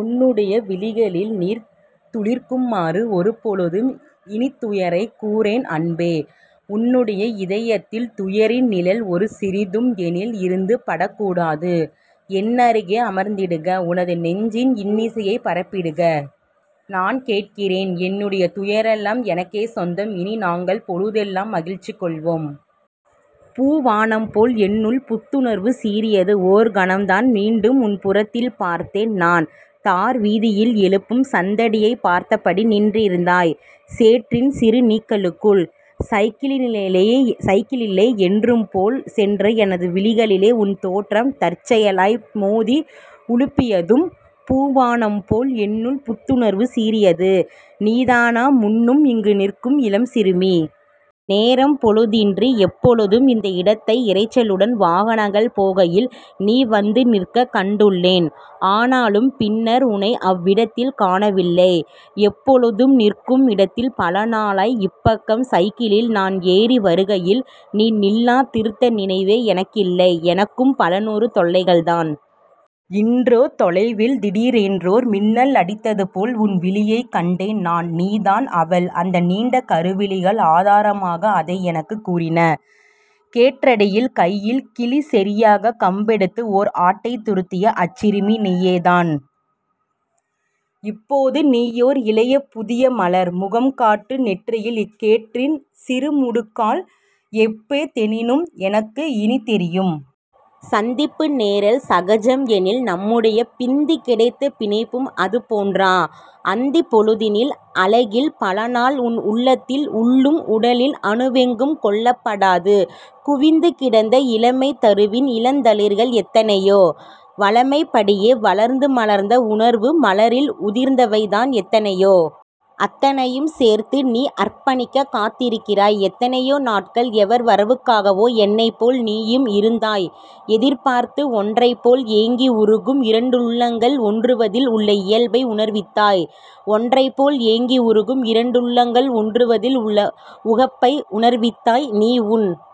உன்னுடைய விழிகளில் நீர் துளிர்க்குமாறு ஒரு பொழுதும் இனித்துயரைக் கூறேன் அன்பே உன்னுடைய இதயத்தில் துயரின் நிழல் ஒருசிறிதும் எனில் இருந்து படக்கூடாது. என்னருகே அமர்ந்திடுக உனது நெஞ்சின் இன்னிசையைப் பரப்பிடுக நான் கேட்கிறேன் என்னுடைய துயரெல்லாம் எனக்கே சொந்தம் இனி நாங்கள் பொழுதெல்லாம் மகிழ்ச்சி கொள்வோம். பூவாணம் போல் என்னுள் புத்துணர்வு சீறியது ஓர்கணம்தான் மீண்டும் உன்புறத்தில் பார்த்தேன் நான். தார்வீதியில் எழுப்பும் சந்தடியைப் பார்த்தபடி நின்றிருந்தாய் சேற்றின் சிறு நீக்கலுக்குள். சைக்கிளிலேலே சைக்கிளிலே என்றும்போல் சென்ற எனது விழிகளிலே உன் தோற்றம் தற்செயலாய் மோதி உலுப்பியதும் பூவாணம்போல் என்னுள் புத்துணர்வு சீறியது. நீதானா முன்பும் இங்கு நிற்கும் இளம் சிறுமி? நேரம் பொழுதின்றி எப்பொழுதும் இந்த இடத்தை இரைச்சலுடன் வாகனங்கள் போகையில் நீ வந்து நிற்கக் கண்டுள்ளேன். ஆனாலும் பின்னர் உனை அவ்விடத்தில் காணவில்லை. எப்பொழுதும் நிற்கும் இடத்தில் பலநாளாய் இப்பக்கம் சைக்கிளில் நான் ஏறி வருகையில் நீ நில்லா திருந்த நினைவே எனக்கில்லை. எனக்கும் பலநூறு தொல்லைகள்தான். இன்றோ, தொலைவில் திடீரென்றோர் மின்னல் அடித்ததுபோல் உன்விழியைக் கண்டேன் நான். நீதான் அவள் அந்த நீண்ட கருவிழிகள் ஆதாரமாக அதை எனக்குக் கூறின. கேற்றடியில் கையில் கிளிசெறியாக் கம்பெடுத்து ஓர் ஆட்டைத் துரத்திய அச்சிறுமி நீயேதான். இப்போது நீயோர் இளைய புதியமலர். முக்காட்டு நெற்றி இக் கேற்றின் சிறுமுடுக்கால் எப்போ தெனினும் எனக்கு இனித் தெரியும். சந்திப்பு நேரல் சகஜம் எனில் நம்முடைய பிந்திக் கிடைத்த பிணைப்பும் அதுபோன்றா? அந்திப் பொழுதினில் அழகில் பலநாள் உன் உள்ளத்தின் உள்ளும் உடலின் அணுவெங்கும் கொள்ளப்படாது குவிந்து கிடந்த இளமைத் தருவின் இளந்தளிர்கள் எத்தனையோ? வழமைப் படியே வளர்ந்து மலர்ந்த உணர்வு மலரில் உதிர்ந்தவைதான் எத்தனையோ? அத்தனையும் சேர்த்து நீ அர்ப்பணிக்கக் காத்திருக்கிறாய் எத்தனையோ நாட்கள் எவர் வரவுக்காகவோ என்னைப்போல் நீயும் இருந்தாய் எதிர்பார்த்து ஒன்றைப் போல் ஏங்கி உருகும் இரண்டுள்ளங்கள் ஒன்றுவதில் உள்ள இயல்பை உணர்வித்தாய் ஒன்றைப் போல் ஏங்கி உருகும் இரண்டுள்ளங்கள் ஒன்றுவதில் உள்ள உகப்பை உணர்வித்தாய். நீ உன்